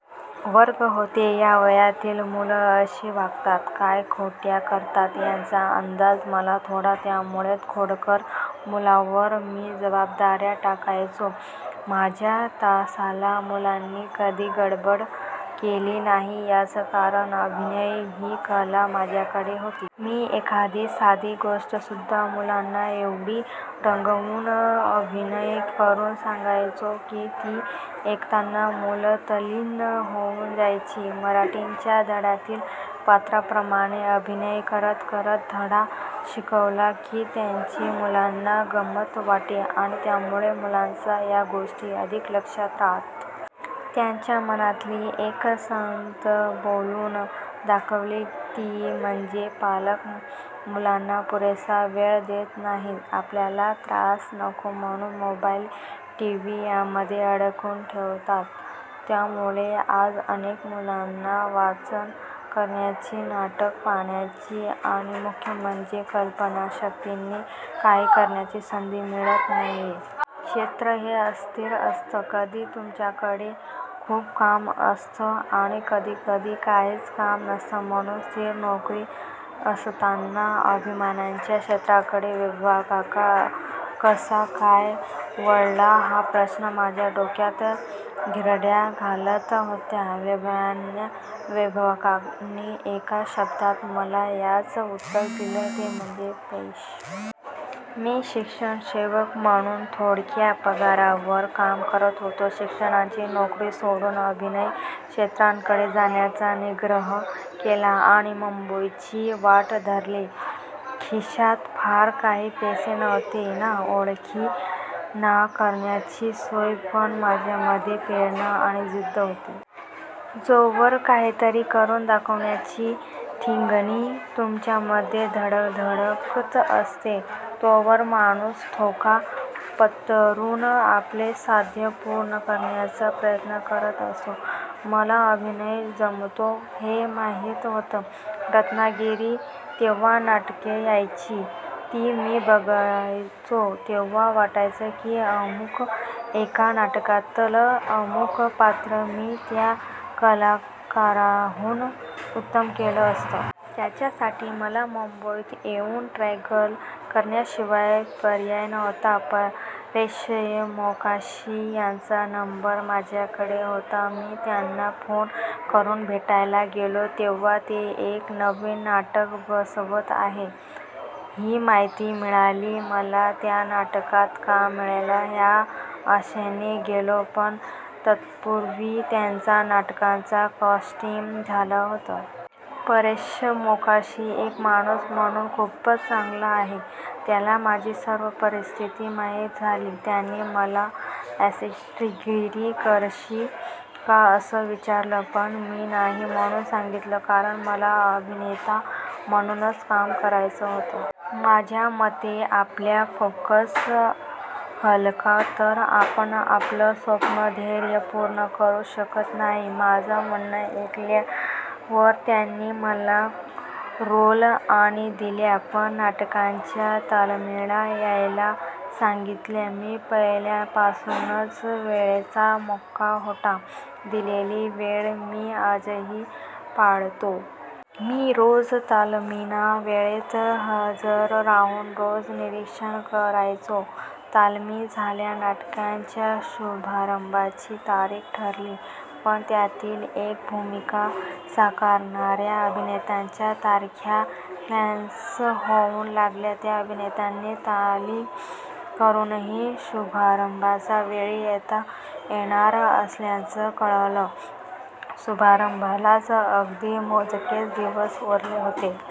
वर्ग होते. या वयातली मुलं कशी वागतात, काय खोड्या करतात, याचा अंदाज मला होता. त्यामुळे खोडकर मुलांवर मी जबाबदाऱ्या टाकायचो. माझ्या तासाला मुलांनी कधी गडबड केली नाही. याचं कारण अभिनय ही कला माझ्याकडे होती. मी एखादी साधी गोष्टसुद्धा मुलांना एवढी रंगवून, अभिनय करून सांगायचो की, ती ऐकताना मुलं तल्लीन होऊन जायची. मराठीतल्या धड्यातील पात्रांप्रमाणे अभिनय करत करत धडा शिकवला की, त्याची मुलांना गमंत वाटे आणि त्यामुळे मुलांच्या या गोष्टी अधिक लक्षात राहात. त्याच्या मनातली एक खंत बोलून दाखवली. ती म्हणजे पालक मुलांना पुरेसा वेळ देत नाहीत. आपल्याला त्रास नको, म्हणून मोबाइल, टीव्ही यामध्ये अडकवून ठेवतात. त्यामुळे आज अनेक मुलांना वाचन करण्याची, नाटक पाहण्याची आणि मुख्य म्हणजे कल्पनाशक्तीने काही करण्याची संधी मिळत नाहीये. क्षेत्र हे अस्थिर असतं. कधी तुमच्याकडे खूप काम असतं आणि कधी कधी काहीच काम नसतं. म्हणून स्थिर नोकरी असताना अभिनयाच्या क्षेत्राकडे वैभवकाका कसा काय वळला, हा प्रश्न माझ्या डोक्यात घिरट्या घालत होता. वैभवकाकाने एका शब्दात मला याचं उत्तर दिलं, ते म्हणजे पॅशन! मी शिक्षण सेवक म्हणून थोडक्या पगारावर काम करत होतो. शिक्षकाची नोकरी सोडून अभिनय क्षेत्राकडे जाण्याचा निग्रह केला आणि मुंबईची वाट धरली. खिशात फार काही पैसे नव्हते, ना ओळखी, ना राहण्याची सोय. पण माझ्यामध्ये प्रेरणा आणि जिद्द होती. जोवर काहीतरी करून दाखवण्याची ठिणगी तुमच्यामध्ये धगधगत असते, तोवर माणूस धोका पत्करून आपले साध्य पूर्ण करण्याचा प्रयत्न करत असतो. मला अभिनय जमतो हे माहीत होतं. रत्नागिरीत जेव्हा नाटकं यायची, ती मी बघायचो; तेव्हा वाटायचं की अमुक एका नाटकातलं अमुक पात्र मी त्या कलाकाराहून उत्तम केलं असतं. त्यासाठी मला मुंबईत येऊन स्ट्रगल करण्याशिवाय पर्याय नव्हता. परेश मोकाशी यांचा नंबर माझ्याकडे होता. मी त्यांना फोन करून भेटायला गेलो. तेव्हा ते एक नवीन नाटक बसवत आहेत, ही माहिती मिळाली. मला त्या नाटकात काम मिळेल ह्या आशेने गेलो, पण तत्पूर्वी त्यांच्या नाटकाचं कास्टिंग झालं होतं. परेश मोकाशी एक माणूस म्हणून खूपच चांगला आहे. त्याला माझी सर्व परिस्थिती माहीत झाली. त्याने मला असिस्टंटगिरी करशील का असं विचारलं... पण मी नाही म्हणून सांगितलं कारण मला अभिनेता म्हणूनच काम करायचं होतं. माझ्या मते आपला फोकस हलला तर आपण आपलं स्वप्न, ध्येय पूर्ण करू शकत नाही. माझं म्हणणं ऐकल्यावर त्यांनी मला रोल नाही दिला, पण नाटकाच्या तालमीला यायला सांगितलं. मी पहिल्यापासूनच वेळेचा पक्का होतो. दिलेली वेळ मी आजही पाळतो. मी रोज तालमींना वेळेत हजर राहून रोज निरीक्षण करायचो. तालमी झाल्या, नाटकाच्या शुभारंभाची तारीख ठरली. पण त्यातील एक भूमिका साकारणाऱ्या अभिनेत्याच्या तारखा क्लॅश होऊ लागल्या. त्या अभिनेत्याने तालीम करूनही शुभारंभाच्या वेळी येता येणार नसल्याचं कळवलं. शुभारंभाला अगदी मोजकेच दिवस उरले होते.